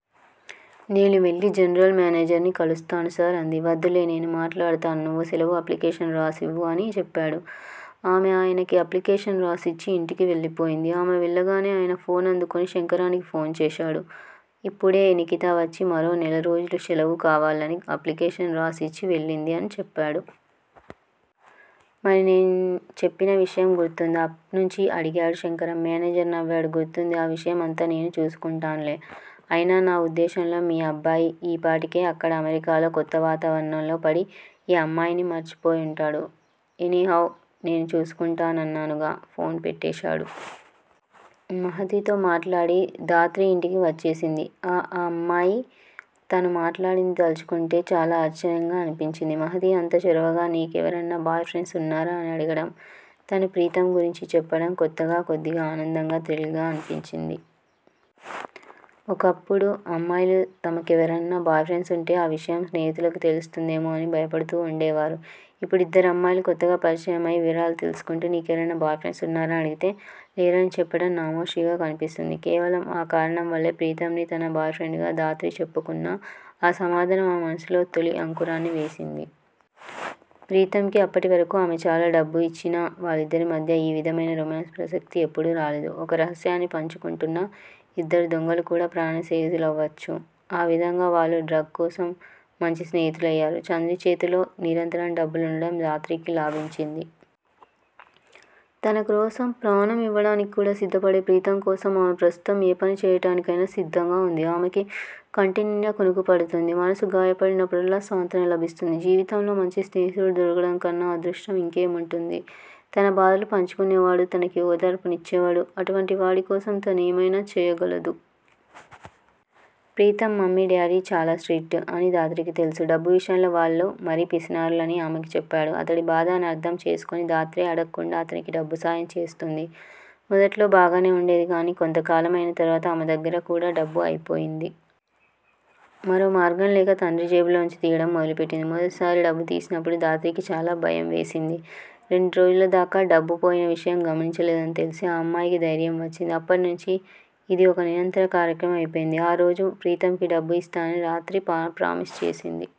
నేను వెళ్ళి జనరల్ మేనేజర్ని కలుస్తాను సార్ అంది. వద్దులే. నేను మాట్లాడతాను. నువ్వు సెలవు అప్లికేషన్ వ్రాసివ్వు అని చెప్పాడు. ఆమె ఆయనకి ఆప్లికేషన్ వ్రాసిచ్చి ఇంటికి వెళ్ళి పోయింది. ఆమె వెళ్ళగానే ఆయన ఫోన్ అందుకొని శంకరానికి ఫోన్ చేశాడు. ఇప్పుడే నిఖిత వచ్చి మరో నెలరోజులు శెలవు కావాలని అప్లికేషన్ వ్రాసిచ్చి వెళ్ళింది అని చెప్పాడు. మరి నేను చెప్పిన విషయం గుర్తుందా? అట్నుంచి అడిగాడు శంకరం. మేనేజర్ నవ్వాడు. గుర్తుంది. ఆ విషయం అంతా నేను చూసుకుంటానులే. అయినా నా వుద్దేశ్యంలో మీ అబ్బాయి ఈపాటికే అక్కడ అమెరికాలో కొత్త వాతావరణంలో పడి ఈ అమ్మాయిని మర్చిపోయుంటాడు. ఎనీ హౌ నేను చూసుకుంటానన్నానుగా ఫోన్ పెట్టేశాడు. మహతితో మాట్లాడి ధాత్రి ఇంటికి వచ్చేసింది. ఆ అమ్మాయికి తను మాట్లాడింది తల్చుకుంటే చాలా ఆశ్చర్యంగా అనిపించింది. మహతి అంత చొరవగా 'నీ కెవరన్నా బాయ్ ఫ్రెండ్స్ వున్నారా? ' అని అడగటం, తను ప్రీతమ్ గురించి చెప్పటం కొత్తగా, కొద్దిగా ఆనందంగా, థ్రిల్ గా అనిపించింది. ఒకప్పుడు అమ్మాయిలు తమకెవరన్నా బాయ్ ఫ్రెండ్స్ వుంటే ఆ విషయం స్నేహితులకి తెలుస్తుందేమో అని భయపడుతూ వుండేవారు. ఇప్పుడు ఇద్దరమ్మాయిలు కొత్తగా పరిచయం అయి వివరాలు తెలుసుకుంటూ 'నీ కెవరైనా బాయ్ ఫ్రెండ్స్ వున్నారా' అని అడిగితే లేరని చెప్పటం నామోషీగా కనిపిస్తోంది. కేవలం ఆ కారణం వల్లే ప్రీతమ్ ని తన బాయ్ ఫ్రెండ్ గా ధాత్రి చెప్పుకున్నా, ఆ సమాధానం ఆమె మనసులో తొలి అంకురాన్ని వేసింది. ప్రీతమ్ కి అప్పటివరకూ ఆమె చాలా డబ్బు ఇచ్చినా, వాళ్ళిద్దరి మధ్యా ఈ విధమైన రొమాన్స్ ప్రసక్తి ఎప్పుడూ రాలేదు. ఒక రహస్యాన్ని పంచుకుంటున్న ఇద్దరు దొంగలు కూడా ప్రాణ స్నేహితులవ్వచ్చు. ఆ విధంగా వాళ్ళు 'డ్రగ్' కోసం మంచి స్నేహితులయ్యారు. తండ్రి చేతిలో నిరంతరం డబ్బులుండటం ధాత్రికి లాభించింది. తనకోసం ప్రాణం ఇవ్వటానికి కూడా సిద్ధపడే ప్రీతమ్ కోసం ఆమె ప్రస్తుతం ఏ పని చేయాటానికైనా సిద్ధంగా వుంది. ఆమెకి కంటినిండా కునుకు పడుతోంది. మనసు గాయపడినప్పుడల్లా స్వాంతన లభిస్తోంది. జీవితంలో మంచి స్నేహితుడు దొరకటం కన్నా అదృష్టం ఇంకేముంటుంది? తన బాధలు పంచుకునేవాడు, తనకి ఓదార్పు నిచ్చేవాడు అటువంటి వాడికోసం తనేమైనా చేయగలదు. ప్రీతమ్ మమ్మీ, డాడీ చాలా స్ట్రిక్ట్ అని ధాత్రికి తెలుసు. డబ్బు విషయంలో వాళ్ళు మరీ పిసినారులని ఆమెకి చెప్పాడు. అతడి బాధ నర్థం చేసుకొని ధాత్రే అడక్కుండా అతనికి డబ్బుసాయం చేస్తోంది. మొదట్లో బాగానే వుండేది. కాని కొంతకాలం అయిన తర్వాత ఆమె దగ్గర కూడా డబ్బు అయిపోయింది. మరో మార్గంలేక తండ్రి జేబులోంచి తీయడం మొదలుపెట్టింది. మొదటిసారి డబ్బు తీసినప్పుడు ధాత్రికి చాలా భయం వేసింది. రెండు రోజుల దాకా డబ్బు పోయిన విషయం గమనించలేదని తెలిసి ఆ అమ్మాయికి ధైర్యం వచ్చింది. అప్పటినుంచి అది ఇక నిరంతరం కార్యక్రమం అయిపోయింది. ఆ రోజు ప్రీతమ్ కి డబ్బు ఇస్తానని రాత్రి ప్రామిస్ చేసింది.